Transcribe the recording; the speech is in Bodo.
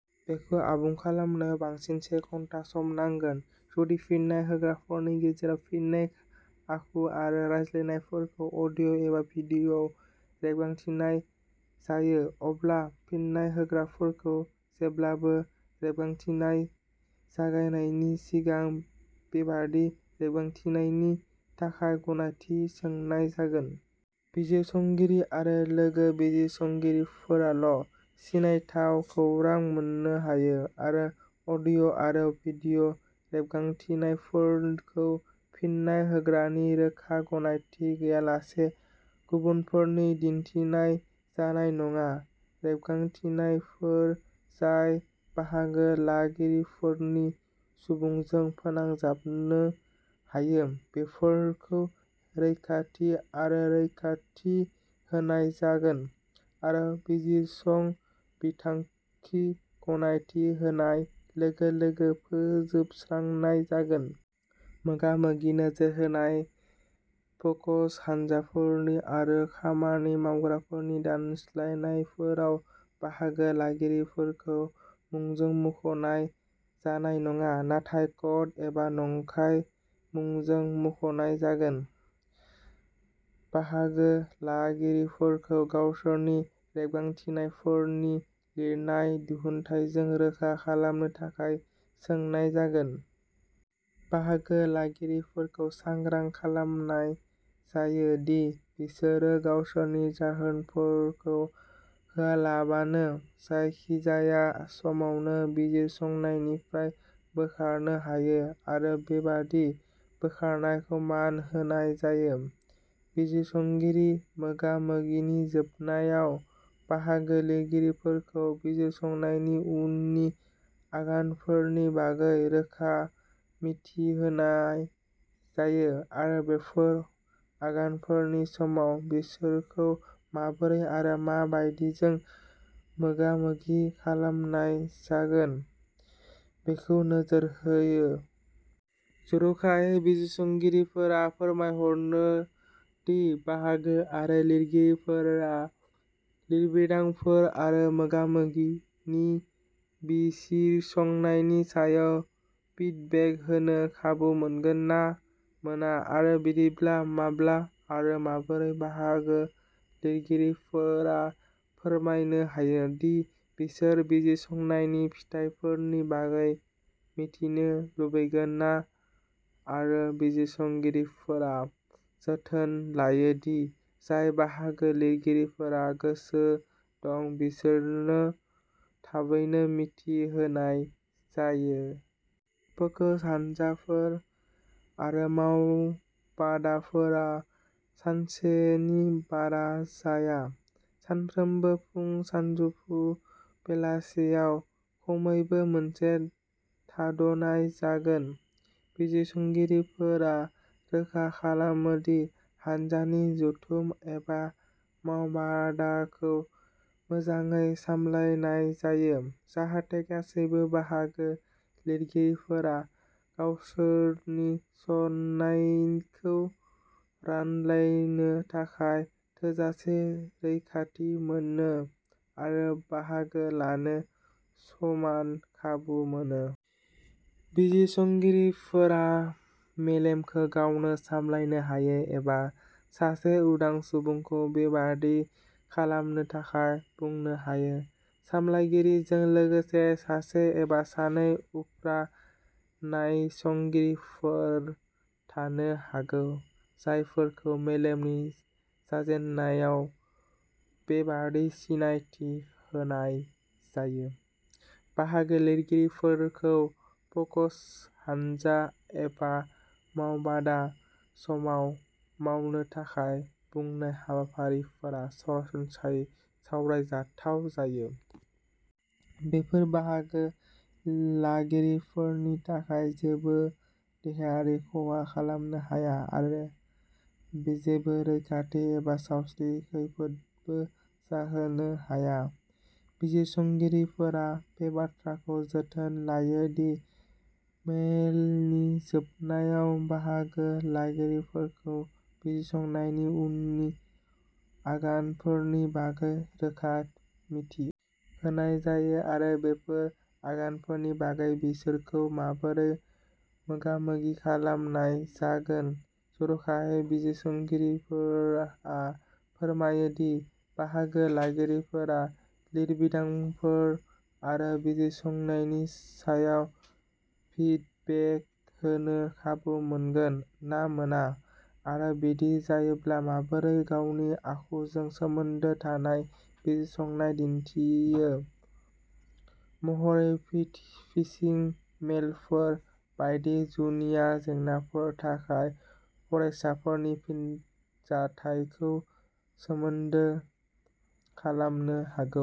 बेखौ आबुं खालामनायाव बांसिन से घन्टा सम नांगोन। जुदि फिन्नाय होग्राफोरनि गेजेराव फिननाय आखु आरो रायज्लायनायफोरखौ अडिअ एबा भिडियआव रेबगान्थिनाय जायो अब्ला फिन्नाय होग्राफोरखौ जेब्लाबो रेबगान्थिनाय जागायनायनि सिगां बेबादि रेबगान्थिनायनि थाखाय गनायथि सोंनाय जागोन। बिजिरसंगिरि आरो लोगो बिजिरसंगिरिफोराल सिनायथाव खौरां मोननो हायो आरो अडिअ आरो भिडिय रेबगान्थिनायफोरखौ फिन्नाय होग्रानि रोखा गनायथि गैयालासे गुबुनफोरनो दिन्थिनाय जानाय नङा। रेबगान्थिनायफोर जाय बाहागो लागिरिफोरनि सुबुंजों फोनांजाबजानो हायो बेफोरखौ रैखाथि आरो रैखाथि होनाय जागोन आरो बिजिरसं बिथांखि गनायथि होनाय लोगो लोगो फोजोबस्रांनाय जागोन। मोगा मोगि नोजोर होनाय फोकस हानजाफोरनि आरो खामानि मावग्राफोरनि दानस्लायनायफोराव बाहागो लागिरिफोरखौ मुंजों मुंखनाय जानाय नङा। नाथाय कड एबा नंखाय मुंजों मुंखनाय जागोन। बाहागो लागिरिफोरखौ गावसोरनि रेबगान्थिनायफोरनि लिरनाय दिहुनथायजों रोखा खालामनो थाखाय सोंनाय जागोन। बाहागो लागिरिफोरखौ सांग्रां खालामनाय जायो दि बिसोरो गावसोरनि जाहोनफोरखौ होआलाबानो जायखिजाया समावनो बिजिरसंनायनिफ्राय बोखारनो हायो आरो बेबादि बोखारनायखौ मान होनाय जायो। बिजिरसंगिरि मोगा मोगिनि जोबनायाव बाहागो लागिरिफोरखौ बिजिरसंनायनि उननि आगानफोरनि बागै रोखा मिथि होनाय जायो आरो बेफोर आगानफोरनि समाव बिसोरखौ माबोरै आरो मा बायदिजों मोगामोगि खालामनाय जागोन बेखौ नोजोर होयो। जरखायै बिजिरसंगिरिफोरा फोरमायहरनो दि बाहागो लागिरिफोरा लिरबिदांफोर आरो मोगा मोगिनि बिजिरसंनायनि सायाव फिडबेक होनो खाबु मोनगोन ना मोना आरो बिदिब्ला माब्ला आरो माबोरै बाहागो लागिरिफोरा फोरमायनो हायो दि बिसोर बिजिरसंनायनि फिथायफोरनि बागै मिथिजानो लुबैगोन ना आरो बिजिरसंगिरिफोरा जोथोन लायो दि जाय बाहागो लागिरिफोरा गोसो दं बिसोरनो थाबैनो मिथि होनाय जायो। फोकस हान्जाफोर आरो मावबादाफोरा सानसेनि बारा जाया। सानफ्रोमबो फुं सानजौफु बेलासियाव खमैबो मोनसे थाद'नाय जागोन। बिजिरसंगिरिफोरा रोखा खालामो दि हान्जानि जथुम एबा मावबादाखौ मोजाङै सामलायजानाय जायो। जाहाथे गासैबो बाहागो लिरगिरिफोरा गावसोरनि सान्नायखौ रानलायनो थाखाय थोजासे रैखाथि मोनो आरो बाहागो लानो समान खाबु मोनो। बिजिरसंगिरिफोरा मेलखौ गावनो सामलायनो हायो एबा सासे उदां सुबुंखौ बेबादि खालामनो थाखाय बुंनो हायो। सामलायगिरिजों लोगोसे सासे एबा सानै उफ्रा नायसंगिरिफोर थानो हागौ। जायफोरखौ मेलनि जागायजेन्नायाव बेबादि सिनायथि होनाय जायो। बाहागो लिरगिरिफोरखौ फोकस हानजा एबा मावबादा समाव मावनो थाखाय बुंनाय हाबाफारिफोरा सरासनस्रायै सावरायजाथाव जायो। बेफोर बाहागो लागिरिफोरनि थाखाय जेबो देहायारि खहा खालामनो हाया आरो जेबो रैखाथि एबा सावस्रि खैफोदबो जाहोनो हाया। बिजिरसंगिरिफोरा बे बाथ्राखौ जोथोन लायो दि मेलनि जोबनायाव बाहागो लागिरिफोरखौ बिजिरसंनायनि उननि आगानफोरनि बागै रोखा मिथि होनाय जायो आरो बेफोर आगानफोरनि बागै बिसोरखौ माबोरै मोगामोगि खालामनाय जागोन जरखायै बिजिरसंगिरिफोरा फोरमायो दि बाहागो लागिरिफोरा लिरबिदांफोर आरो बिजिरसंनायनि सायाव फिडबेक होनो खाबु मोनगोन ना मोना आरो बिदि जायोब्ला माबोरै गावारि आखुजों सोमोन्दो थानाय बिजिरसंनाया बिदिन्थि महरै फिशिं मेलफोर बायदि जुनिया जेंनाफोरनि थाखाय फरायसाफोरनि फिनजाथायखौ सोमोनदो खालामनो हागौ।